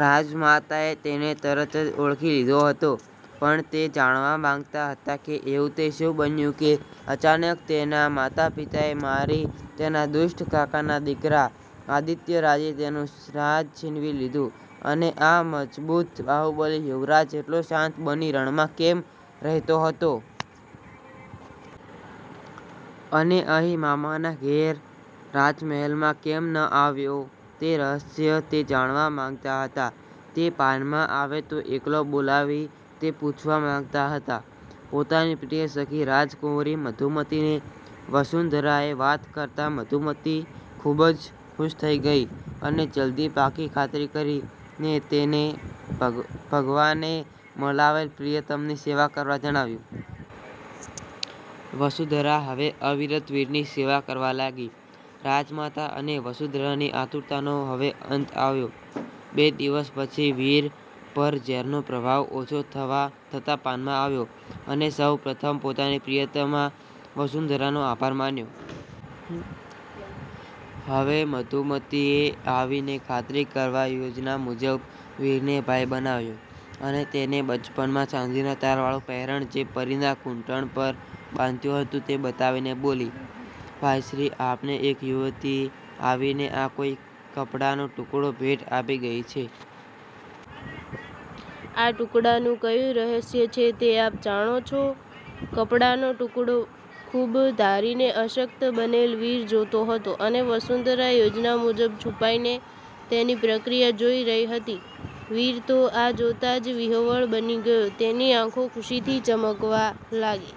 રાજમાતાએ તેને તરત જ ઓળખી લીધો હતો પણ તે જાણવાં માગતાં હતાં કે એવું તે શું બન્યું કે અચાનક તેનાં માતાપિતાએ મારી તેનાં દુષ્ટ કાકાના દીકરા આદિત્યરાજે તેનું રાજ છીનવી લીધું? અને આ મજબૂત બાહુબલી યુવરાજ એટલો શાંત બની રણમાં કેમ રહેતો હતો? અને અહીં મામાનાં ઘેર રાજમહેલમાં કેમ ન આવ્યો? તે રહસ્ય તે જાણવાં માગતાં હતાં. તે ભાનમાં આવે તો એકલો બોલાવી તે પૂછવા માગતાં હતાં. પોતાની પ્રિય સખી રાજકુંવરી મધુમતીને વસુંધરાએ વાત કરતાં મધુમતી ખુબ જ ખુશ થઈ ગયી અને જલ્દી પાકી ખાતરી કરીને તેને ભગ ભગવાને મલાવેલ પ્રિયતમની સેવા કરવા જણાવ્યું. વસુંધરા હવે અવિરત વીરની સેવા કરવા લાગી. રાજમાતાં અને વસુંધરાની આતુરતાનો હવે અંત આવ્યો. બે દિવસ પછી વીર પર ઝેરનો પ્રભાવ ઓછો થતાં ભાનમાં આવ્યો, અને સહુ પ્રથમ પોતાની પ્રિયતમા વસુંધરાનો આભાર માન્યો. હવે મધુમતીએ આવીને ખાતરી કરવા યોજના મુજબ વીરને ભાઈ બનાવ્યો, અને તેને બચપણમાં ચાંદીના તારવાળું પહેરણ જે પરીના ઘૂંટણ પર બાંધ્યું હતું તે બતાવીને બોલી,"ભાઈ શ્રી આપને એક યુવતી આવીને આ કોઈ કપડાનો ટુકડો ભેટ આપી ગઈ છે? આ ટુકડાનું ક્યુ રહસ્ય છે તે આપ જાણો છો.?" કપડાનો ટુકડો ખુબ ધારીને અશક્ત બનેલ વીર જોતો હતો અને વસુંધરા યોજના મુજબ છુપાઈને તેની પ્રક્રિયા જોઈ રહી હતી. વીર તો આ જોતાં જ વિહવળ બની ગયો, તેની આંખો ખુશીથી ચમકવવાં લાગી.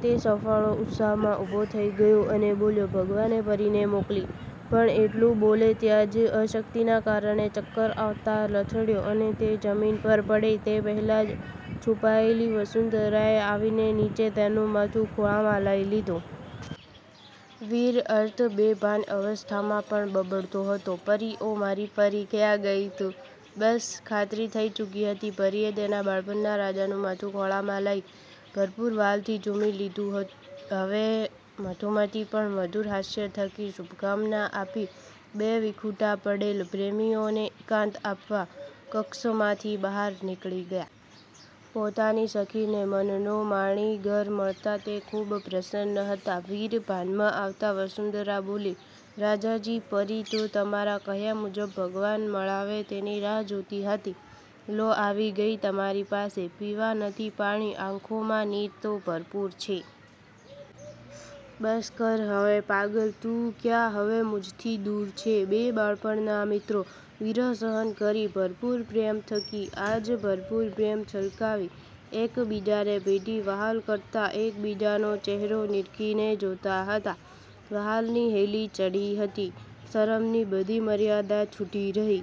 તે સફાળો ઉત્સાહમાં ઊભો થઈ ગયો અને બોલ્યો,"ભગવાને પરીને મોકલી." પણ એટલું બોલે ત્યાં જ અશક્તિનાં કારણે ચક્કર આવતાં લથડ્યો અને તે જમીન પર પડે તે પહેલાં જ છુપાયેલી વસુંધરાએ આવીને નીચે તેનું માથું ખોળામાં લઈ લીધું. વીર અર્ધબેભાન અવસ્થામાં પણ બબડતો હતો,"પરી, ઓ મારી પરી, ક્યાં ગઈ તું?" બસ ખાતરી થઈ ચુકી હતી. પરીએ તેનાં બાળપણનાં રાજાનું માથું ખોળામાં લઇ ભરપૂર વ્હાલથી ચૂમી લીધું હ, હવે મધુમતી પણ મધુર હાસ્ય થકી શુભકામનાં આપી બે વિખુટા પડેલ પ્રેમીઓને એકાંત આપવા કક્ષમાંથી બહાર નીકળી ગયાં. પોતાની સખીને મનનો માણીગર મળતાં તે ખુબ પ્રસન્ન હતાં. વીર ભાનમાં આવતાં વસુંધરા બોલી,"રાજાજી, પરી તો તમારાં કહ્યાં મુજબ ભગવાન મળાવે તેની રાહ જોતી હતી. લો આવી ગઈ તમારી પાસે. "પીવા નથી પાણી, આંખોમાં નીર તો ભરપૂર છે. બસ કર હવે પાગલ, તું ક્યાં હવે મુજથી દુર છે." બે બાળપણનાં મિત્રો વિરહ સહન કરી ભરપૂર પ્રેમ થકી આજ ભરપૂર પ્રેમ છલકાવી એક બીજાને ભેટી વહાલ કરતાં એકબીજાનો ચેહરો નીરખીને જોતાં હતાં. વ્હાલની હેલી ચડી હતી. શરમની બધી મર્યાદા છૂટી રહી